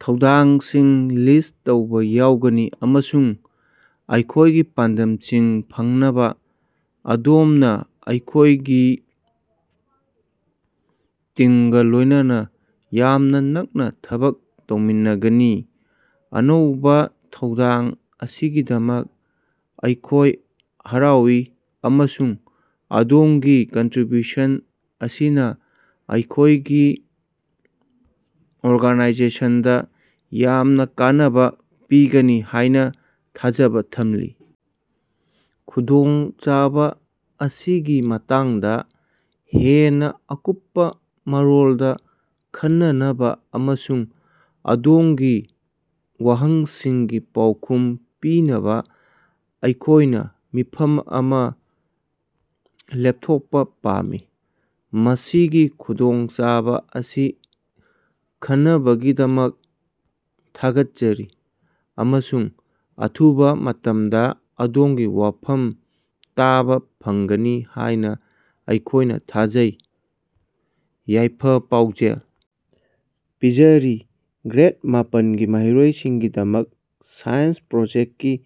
ꯊꯧꯗꯥꯡꯁꯤꯡ ꯂꯤꯁ꯭ꯠ ꯇꯧꯕꯥ ꯌꯥꯎꯒꯅꯤ ꯑꯃꯁꯨꯡ ꯑꯩꯈꯣꯒꯤ ꯄꯥꯟꯗꯝꯁꯤꯡ ꯐꯪꯅꯕ ꯑꯗꯣꯝꯅ ꯑꯩꯈꯣꯏꯒꯤ ꯇꯤꯝꯒ ꯂꯣꯏꯅꯅ ꯌꯥꯝꯅ ꯅꯛꯅ ꯊꯕꯛ ꯇꯧꯃꯤꯟꯅꯒꯅꯤ꯫ ꯑꯅꯧꯕ ꯊꯧꯗꯥꯡ ꯑꯁꯤꯒꯤꯗꯃꯛ ꯑꯩꯈꯣꯏ ꯍꯔꯥꯎꯏ ꯑꯃꯁꯨꯡ ꯑꯗꯣꯝꯒꯤ ꯀꯟꯇꯔꯤꯕ꯭ꯌꯨꯁꯟ ꯑꯁꯤꯅ ꯑꯩꯈꯣꯏꯒꯤ ꯑꯣꯔꯒꯅꯥꯏꯖꯦꯁꯟꯗ ꯌꯥꯝꯅ ꯀꯥꯟꯅꯕ ꯄꯤꯒꯅꯤ ꯍꯥꯏꯅ ꯊꯥꯖꯕ ꯊꯝꯂꯤ꯫ ꯈꯨꯗꯣꯡꯆꯥꯕ ꯑꯁꯤꯒꯤ ꯃꯇꯥꯡꯗ ꯍꯦꯟꯅ ꯑꯀꯨꯞꯄ ꯃꯔꯣꯜꯗ ꯈꯟꯅꯅꯕ ꯑꯃꯁꯨꯡ ꯑꯗꯣꯝꯒꯤ ꯋꯥꯍꯪꯁꯤꯡꯒꯤ ꯄꯥꯎꯈꯨꯝ ꯄꯤꯅꯕ ꯑꯩꯈꯣꯏꯅ ꯃꯤꯐꯝ ꯑꯃ ꯂꯦꯄꯊꯣꯛꯄ ꯄꯥꯝꯃꯤ꯫ ꯃꯁꯤꯒꯤ ꯈꯨꯗꯣꯡꯆꯥꯕ ꯑꯁꯤ ꯈꯟꯅꯕꯒꯤꯗꯃꯛ ꯊꯥꯒꯠꯆꯔꯤ, ꯑꯃꯁꯨꯡ ꯑꯊꯨꯕ ꯃꯇꯝꯗ ꯑꯗꯣꯝꯒꯤ ꯋꯥꯐꯝ ꯇꯥꯕ ꯐꯪꯒꯅꯤ ꯍꯥꯏꯅ ꯑꯩꯈꯣꯏꯅ ꯊꯥꯖꯩ꯫ ꯌꯥꯏꯐ-ꯄꯥꯎꯖꯦꯜ ꯄꯤꯖꯔꯤ, ꯒ꯭ꯔꯦꯗ ꯃꯥꯄꯜꯒꯤ ꯃꯍꯩꯔꯣꯏꯁꯤꯡꯒꯤꯗꯃꯛ ꯁꯥꯏꯟꯁ ꯄ꯭ꯔꯣꯖꯦꯛꯇꯀꯤ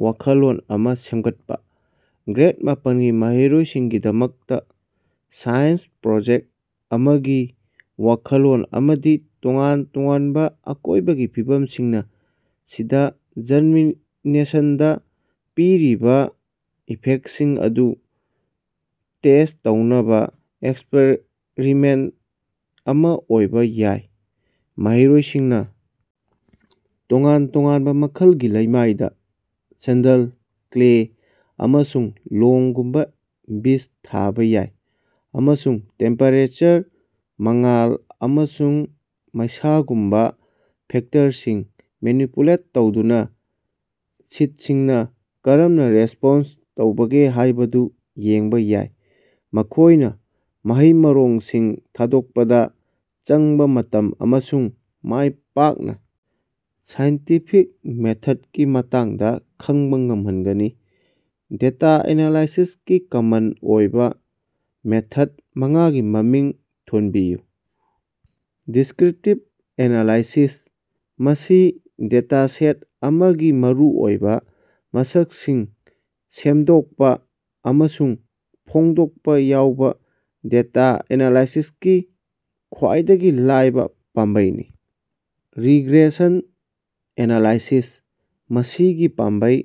ꯋꯥꯈꯜꯂꯣꯟ ꯑꯃꯥ ꯁꯦꯝꯒꯠꯄꯥ꯫ ꯒ꯭ꯔꯦꯗ ꯃꯥꯄꯜꯒꯤ ꯃꯍꯩꯔꯣꯏꯁꯤꯡꯒꯤꯗꯃꯛꯇ ꯁꯥꯏꯟꯁ ꯄ꯭ꯔꯣꯖꯦꯛꯇ ꯑꯃꯒꯤ ꯋꯥꯈꯜꯂꯣꯟ ꯑꯃꯗꯤ ꯇꯣꯉꯥꯟ ꯇꯣꯉꯥꯟꯕ ꯑꯀꯣꯏꯕꯒꯤ ꯐꯤꯕꯝꯁꯤꯡꯅ ꯁꯤꯗ ꯖꯔꯃꯤꯅꯦꯁꯟꯗ ꯄꯤꯔꯤꯕ ꯏꯐꯦꯛꯇꯁꯤꯡ ꯑꯗꯨ ꯇꯦꯁ꯭ꯠ ꯇꯧꯅꯕ ꯑꯦꯛꯁꯄꯔꯤꯃꯦꯟꯇ ꯑꯃ ꯑꯣꯏꯕ ꯌꯥꯏ꯫ ꯃꯍꯩꯔꯣꯏꯁꯤꯡꯅ ꯇꯣꯉꯥꯟ-ꯇꯣꯉꯥꯟꯕ ꯃꯈꯜꯒꯤ ꯂꯩꯃꯥꯏꯗ ꯁꯦꯟꯗꯜ, ꯀ꯭ꯂꯦ, ꯑꯃꯁꯨꯡ ꯂꯣꯝꯒꯨꯝꯕꯥ ꯕꯤꯖ ꯊꯥꯕꯥ ꯌꯥꯏ ꯑꯃꯁꯨꯡ ꯇꯦꯝꯄꯦꯔꯦꯆꯔ, ꯃꯉꯥꯜ, ꯑꯃꯁꯨꯡ ꯃꯩꯁꯥꯒꯨꯝꯕ ꯐꯦꯛꯇꯔꯁꯤꯡ ꯃꯦꯅꯤꯄꯨꯂꯦꯠ ꯇꯧꯗꯨꯅ ꯁꯤꯗꯁꯤꯡꯅ ꯀꯔꯝꯅ ꯔꯦꯁ꯭ꯄꯣꯟꯁ ꯇꯧꯕꯒꯦ ꯍꯥꯏꯕꯗꯨ ꯌꯦꯡꯕ ꯌꯥꯏ꯫ ꯃꯈꯣꯏꯅ ꯃꯍꯩ-ꯃꯔꯣꯡꯁꯤꯡ ꯊꯥꯗꯣꯛꯄꯗ ꯆꯪꯕ ꯃꯇꯝ ꯑꯃꯁꯨꯡ ꯃꯥꯏ ꯄꯥꯛꯅ ꯁꯥꯏꯟꯇꯤꯐꯤꯛ ꯃꯦꯊꯗꯀꯤ ꯃꯇꯥꯡꯗ ꯈꯪꯕ ꯉꯝꯍꯟꯒꯅꯤ꯫ ꯗꯦꯇꯥ ꯑꯦꯅꯥꯂꯥꯏꯁꯤꯁꯀꯤ ꯀꯃꯟ ꯑꯣꯏꯕ ꯃꯦꯊꯗ ꯃꯉꯥꯒꯤ ꯃꯃꯤꯡ ꯊꯣꯟꯕꯤꯌꯨ꯫ ꯗꯤꯁ꯭ꯀꯔꯤꯄꯇꯤꯕ ꯑꯦꯅꯥꯂꯥꯏꯁꯤꯁ: ꯃꯁꯤ ꯗꯦꯇꯥꯁꯦꯠ ꯑꯃꯒꯤ ꯃꯔꯨꯑꯣꯏꯕ ꯃꯁꯛꯁꯤꯡ ꯁꯦꯝꯗꯣꯛꯄ ꯑꯃꯁꯨꯡ ꯐꯣꯡꯗꯣꯛꯄ ꯌꯥꯎꯕ ꯗꯦꯇꯥ ꯑꯦꯅꯥꯂꯥꯏꯁꯤꯁꯀꯤ ꯈ꯭ꯋꯥꯏꯗꯒꯤ ꯂꯥꯏꯕ ꯄꯥꯝꯕꯩꯅꯤ꯫ ꯔꯤꯒ꯭ꯔꯦꯁꯟ ꯑꯦꯅꯥꯂꯥꯏꯁꯤꯁ: ꯃꯁꯤꯒꯤ ꯄꯥꯝꯕꯩ